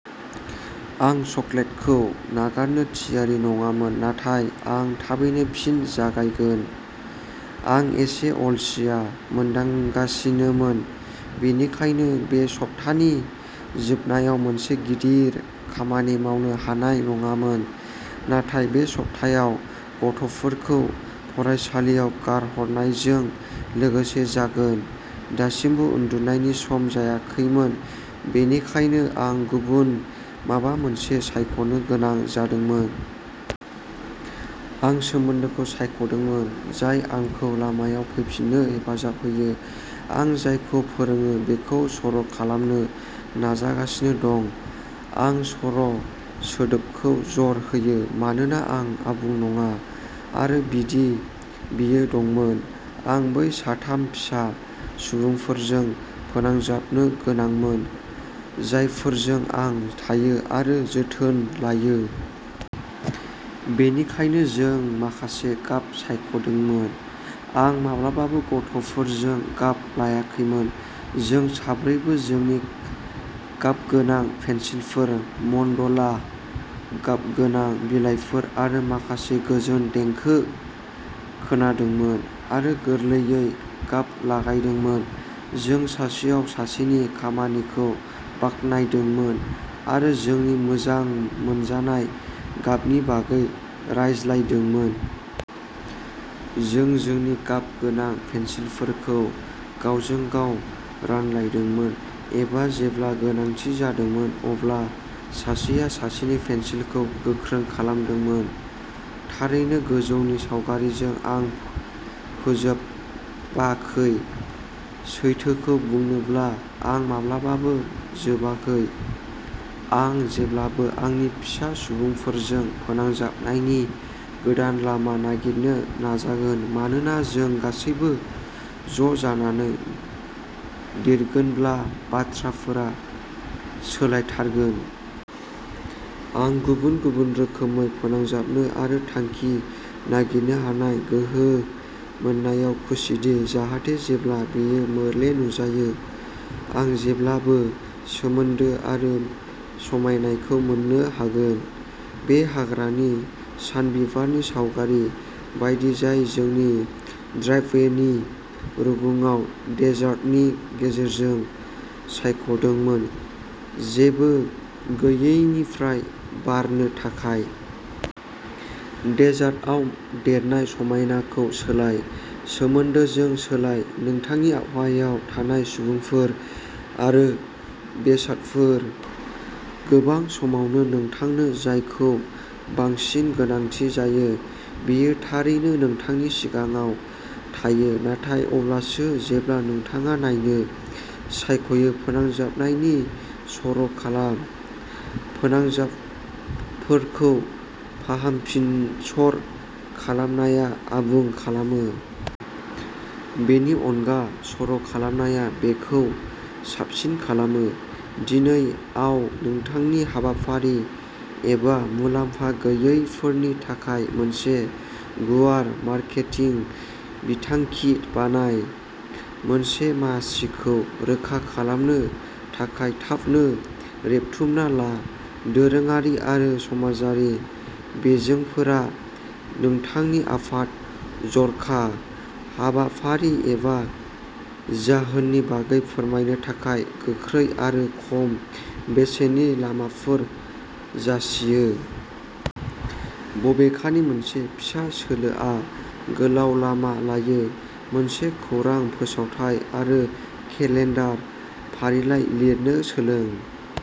आं चकलेटखौ नागारनो थियारि नङामोन, नाथाय आं थाबैनो फिन जागायगोन। आं एसे अलसिया मोनदांगासिनोमोन, बेनिखायनो बे सप्तानि जोबनायाव मोनसे गिदिर खामानि मावनो हानाय नङामोन, नाथाय बे सब्थायाव गथ'फोरखौ फरायसालियाव गारहरनायजों लोगोसे जागोन। दासिमबो उन्दुनायनि सम जायाखैमोन, बेनिखायनो आं गुबुन माबा मोनसे सायख'नो गोनां जादोंमोन। आं सोमोन्दोखौ सायख'दोंमोन, जाय आंखौ लामायाव फैफिननो हेफाजाब होयो। आं जायखौ फोरोङो बेखौ सर'खालामनो नाजागासिनो दं। आं सर'सोदोबखौ जर होयो, मानोना आं आबुं नङा। आरो बिदि, बेयो दंमोन। आं बै साथाम फिसा सुबुंफोरजों फोनांजाबनो गोनांमोन जायफोरजों आं थायो आरो जोथोन लायो। बेनिखायनो जों माखासे गाब सायख'दोंमोन। आं माब्लाबाबो गथ'फोरजों गाब लायाखैमोन। जों साब्रैबो जोंनि गाबगोनां पेन्सिलफोर, मन्डला गाबगोनां बिलाइफोर आरो माखासे गोजोन देंखो खोनादोंमोन आरो गोरलैयै गाब लागायदोंमोन। जों सासेयाव सासेनि खामानिखौ बाख्नायदोंमोन आरो जोंनि मोजां मोनजानाय गाबनि बागै रायज्लायदोंमोन। जों जोंनि गाबगोनां पेन्सिलफोरखौ गावजों गाव रानलायदोंमोन एबा जेब्ला गोनांथि जादोंमोन अब्ला सासेया सासेनि पेन्सिलखौ गोख्रों खालामदोंमोन। थारैनो, गोजौनि सावगारिजों, आं फोजोबाखै। सैथोखौ बुंनोब्ला, आं माब्लाबाबो जोबाखै। आं जेब्लाबो आंनि फिसा सुबुंफोरजों फोनांजाबनायनि गोदान लामा नागिरनो नाजागोन, मानोना जों गासैबो ज'जानानै देरगोनब्ला, बाथ्राफोरा सोलायथारगोन। आं गुबुन-गुबुन रोखोमै फोनांजाबनो आरो थांखि नागिरनो हानाय गोहो मोननायाव खुसिदि जाहाथे जेब्ला बेयो मोले नुजायो, आं जेब्लाबो सोमोन्दो आरो समायनाखौ मोन्नो हागोन। बे हाग्रानि सानबिबारनि सावगारि बायदि जाय जोंनि ड्राइभवेनि रुगुङाव डेजार्टनि गेजेरखौ सायख'दोंमोन, जेबो गैयैनिफ्राय बारनो थाखाय। डेजार्टआव देरनाय समायनाखौ सोलाय। सोमोन्दोजों सोलाय। नोंथांनि आबहावायाव थानाय सुबुंफोर आरो बेसादफोर। गोबां समावनो नोंथांनो जायखौ बांसिन गोनांथि जायो बेयो थारैनो नोंथांनि सिगाङाव थायो, नाथाय अब्लासो जेब्ला नोंथाङा नायनो सायख'यो। फोनांजाबनायनि सर'खालाम। फोनांजाबफोरखौ फाहामफिनसर'खालामनाया आबुं खालामो। बेनि अनगा, सर'खालामनाया बेखौ साबसिन खालामो। दिनै आव नोंथांनि हाबाफारि एबा मुलाम्फा गैयैफोरनि थाखाय मोनसे गुवार मार्केटिं बिथांखि बानाय। मोनसे मासिखौ रोखा खालामनो थाखाय थाबनो रेबथुमना ला! दोरोङारि आरो समाजारि बिजोंफोरा नोंथांनि आफाद, जर'खा हाबाफारि, एबा जाहोननि बागै फोरमायनो थाखाय गोख्रै आरो खम बेसेननि लामाफोर जासियो। बबेखानि, मोनसे फिसा सोलोआ गोलाव लामा लायो। मोनसे खौरां फोसावथाइ आरो केलेन्डार फारिलाइ लिरनो सोलों।